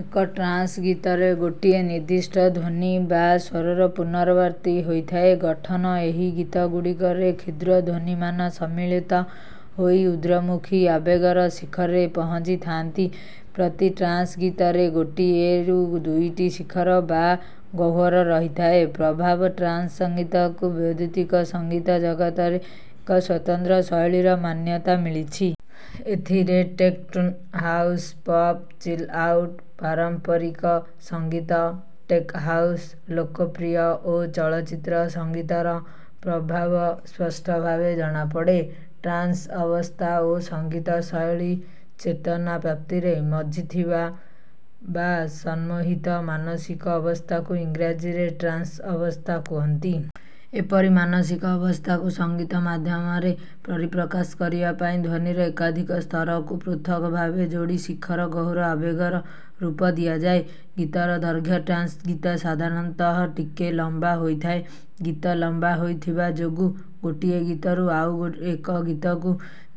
ଏକ ଟ୍ରାନ୍ସ୍ ଗୀତରେ ଗୋଟିଏ ନିର୍ଦ୍ଦିଷ୍ଟ ଧ୍ୱନି ବା ସ୍ୱରର ପୁନରାବୃତ୍ତି ହେଉଥାଏ। ଗଠନ ଏହି ଗୀତଗୁଡ଼ିକରେ କ୍ଷୁଦ୍ର ଧ୍ୱନିମାନ ସମ୍ମିଳିତ ହୋଇ ଉର୍ଦ୍ଧ୍ୱମୁଖୀ ଆବେଗର ଶିଖରରେ ପହଞ୍ଚିଥାନ୍ତି। ପ୍ରତି ଟ୍ରାନ୍ସ୍ ଗୀତରେ ଗୋଟିଏରୁ ଦୁଇଟି ଶିଖର ବା ଗହ୍ୱର ରହିଥାଏ। ପ୍ରଭାବ ଟ୍ରାନ୍ସ୍ ସଙ୍ଗୀତକୁ ବୈଦୁତିକ ସଙ୍ଗୀତ ଜଗତରେ ଏକ ସ୍ୱତନ୍ତ୍ର ଶୈଳୀର ମାନ୍ୟତା ମିଳିଛି। ଏଥିରେ ଟେକ୍ନୋ, ହାଉସ୍, ପପ୍, ଚିଲ୍-ଆଉଟ୍, ପାରମ୍ପରିକ ସଙ୍ଗୀତ, ଟେକ୍ ହାଉସ୍, ଲୋକପ୍ରିୟ ଓ ଚଳଚ୍ଚିତ୍ର ସଙ୍ଗୀତର ପ୍ରଭାବ ସ୍ପଷ୍ଟ ଭାବେ ଜଣାପଡ଼େ। ଟ୍ରାନ୍ସ୍ ଅବସ୍ଥା ଓ ସଙ୍ଗୀତ ଶୈଳୀ ଚେତନା ପ୍ରାପ୍ତିରେ ମଜ୍ଜିଥିବା ବା ସମ୍ମୋହିତ ମାନସିକ ଅବସ୍ଥାକୁ ଇଂରାଜୀରେ ଟ୍ରାନ୍ସ୍ଅ ବସ୍ଥା କୁହନ୍ତି। ଏପରି ମାନସିକ ଅବସ୍ଥାକୁ ସଙ୍ଗୀତ ମାଧ୍ୟମରେ ପରିପ୍ରକାଶ କରିବା ପାଇଁ ଧ୍ୱନିର ଏକାଧିକ ସ୍ତରକୁ ପୃଥକ୍ ଭାବେ ଯୋଡ଼ି ଶିଖର ଗହ୍ୱର ଆବେଗର ରୂପ ଦିଆଯାଏ। ଗୀତର ଦୈର୍ଘ୍ୟ ଟ୍ରାନ୍ସ୍ ଗୀତ ସାଧାରଣତଃ ଟିକେ ଲମ୍ବା ହୋଇଥାଏ। ଗୀତ ଲମ୍ବା ହୋଇଥିବା ଯୋଗୁଁ ଗୋଟିଏ ଗୀତରୁ ଆଉ ଏକ ଗୀତକୁ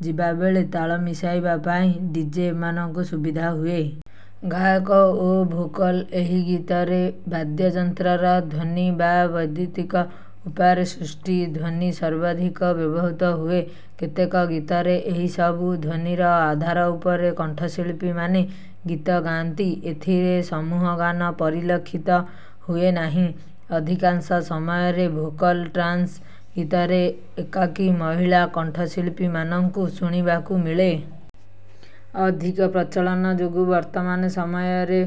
ଯିବା ବେଳେ ତାଳ ମିଶାଇବା ପାଇଁ ଡିଜେ ମାନଙ୍କୁ ସୁବିଧା ହୁଏ। ଗାୟକ ଓ ଭୋକାଲ୍ ଏହି ଗୀତରେ ବାଦ୍ୟଯନ୍ତ୍ରର ଧ୍ୱନି ବା ବୈଦୁତିକ ଉପାୟରେ ସୃଷ୍ଟ ଧ୍ୱନି ସର୍ବାଧିକ ବ୍ୟବହୃତ ହୁଏ। କେତେକ ଗୀତରେ ଏହି ସବୁ ଧ୍ୱନିର ଆଧାର ଉପରେ କଣ୍ଠଶିଳ୍ପୀମାନେ ଗୀତ ଗାଆନ୍ତି। ଏଥିରେ ସମୂହଗାନ ପରିଲକ୍ଷିତ ହୁଏନାହିଁ। ଅଧିକାଂଶ ସମୟରେ ଭୋକାଲ୍ ଟ୍ରାନ୍ସ୍ ଗୀତରେ ଏକାକୀ ମହିଳା କଣ୍ଠଶିଳ୍ପୀମାନଙ୍କୁ ଶୁଣିବାକୁ ମିଳେ। ଅଧିକ ପ୍ରଚଳନ ଯୋଗୁଁ ବର୍ତ୍ତମାନ ସମୟରେ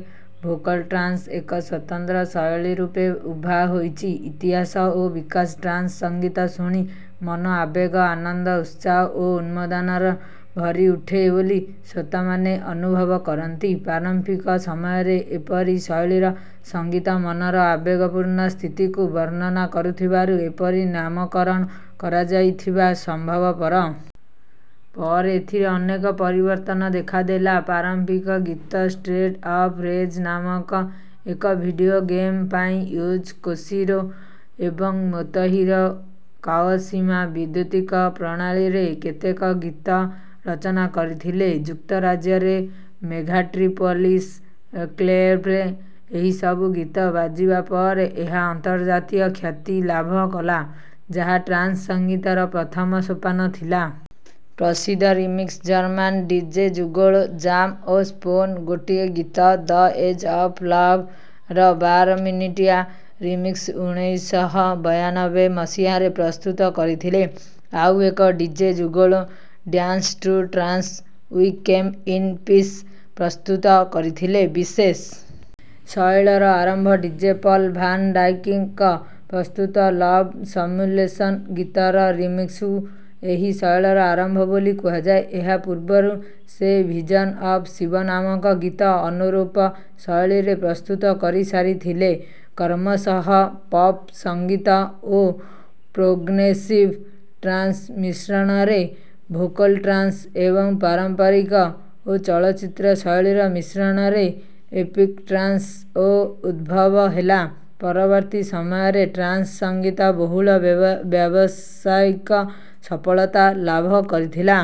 ଭୋକାଲ୍ ଟ୍ରାନ୍ସ୍ ଏକ ସ୍ୱତନ୍ତ୍ର ଶୈଳୀ ରୂପେ ଉଭା ହୋଇଛି। ଇତିହାସ ଓ ବିକାଶ ଟ୍ରାନ୍ସ୍ ସଙ୍ଗୀତ ଶୁଣି ମନ ଆବେଗ, ଆନନ୍ଦ, ଉତ୍ସାହ ଓ ଉନ୍ମାଦନାରେ ଭରି ଉଠେ ବୋଲି ଶ୍ରୋତାମାନେ ଅନୁଭବ କରନ୍ତି। ପ୍ରାରମ୍ଭିକ ସମୟରେ ଏପରି ଶୈଳୀର ସଙ୍ଗୀତ ମନର ଆବେଗପୂର୍ଣ୍ଣ ସ୍ଥିତିକୁ ବର୍ଣ୍ଣନା କରୁଥିବାରୁ ଏପରି ନାମକରଣ କରାଯାଇଥିବା ସମ୍ଭବପର। ପରେ ଏଥିରେ ଅନେକ ପରିବର୍ତ୍ତନ ଦେଖାଦେଲା। ପ୍ରାରମ୍ଭିକ ଗୀତ ଷ୍ଟ୍ରିଟ୍ସ୍ ଅଫ୍ ରେଜ୍ ନାମକ ଏକ ଭିଡ଼ିଓ ଗେମ୍ ପାଇଁ ୟୁଜୋ କୋଶିରୋ ଏବଂ ମୋତୋହିରୋ କାୱାଶିମା ବୈଦୁତିକ ପ୍ରଣାଳୀରେ କେତେକ ଗୀତ ରଚନା କରିଥିଲେ। ଯୁକ୍ତରାଜ୍ୟର ମେଗାଟ୍ରିପୋଲିସ୍ କ୍ଲବ୍ରେ ଏହି ସବୁ ଗୀତ ବାଜିବା ପରେ ଏହା ଅନ୍ତର୍ଜାତୀୟ ଖ୍ୟାତି ଲାଭ କଲା, ଯାହା ଟ୍ରାନ୍ସ୍ ସଙ୍ଗୀତର ପ୍ରଥମ ସୋପାନ ଥିଲା। ପ୍ରସିଦ୍ଧ ରିମିକ୍ସ ଜର୍ମାନ୍ ଡିଜେ ଯୁଗଳ 'ଜାମ୍ ଓ ସ୍ପୁନ୍' ଗୋଟିଏ ଗୀତ ଦ ଏଜ୍ ଅଫ୍ ଲଭ୍ ର ବାର ମିନିଟିଆ ରିମିକ୍ସ୍ ଉନେଇଶ ଶହ ବୟାନବେ ମସିହାରେ ପ୍ରସ୍ତୁତ କରିଥିଲେ। ଆଉ ଏକ ଡିଜେ ଯୁଗଳ 'dance to trance' we came in peace ପ୍ରସ୍ତୁତ କରିଥିଲେ। ବିଶେଷ ଶୈଳୀର ଆରମ୍ଭ ଡିଜେ ପଲ୍ ଭାନ୍ ଡାଇକ୍‌ଙ୍କ ପ୍ରସ୍ତୁତ ଲଭ୍ ସିମ୍ୟୁଲେସନ୍ ଗୀତର ରିମିକ୍ସ୍ରୁ ଏହି ଶୈଳୀର ଆରମ୍ଭ ବୋଲି କୁହାଯାଏ। ଏହା ପୂର୍ବରୁ ସେ ଭିଜନ୍ ଅଫ୍ ଶିବ ନାମକ ଗୀତ ଅନୁରୂପ ଶୈଳୀରେ ପ୍ରସ୍ତୁତ କରିସାରିଥିଲେ। କ୍ରମଶଃ ପପ୍ ସଙ୍ଗୀତ ଓ ପ୍ରୋଗ୍ରେସିଭ୍ ଟ୍ରାନ୍ସ୍ର ମିଶ୍ରଣରେ ଭୋକାଲ୍ ଟ୍ରାନ୍ସ୍ ଏବଂ ପାରମ୍ପରିକ ଓ ଚଳଚ୍ଚିତ୍ର ଶୈଳୀର ମିଶ୍ରଣରେ ଏପିକ୍ ଟ୍ରାନ୍ସ୍ ର ଉଦ୍ଭବ ହେଲା। ପରବର୍ତ୍ତୀ ସମୟରେ ଟ୍ରାନ୍ସ୍ ସଙ୍ଗୀତ ବହୁଳ ବ୍ୟାବସାୟିକ ସଫଳତା ଲାଭ କରିଥିଲା।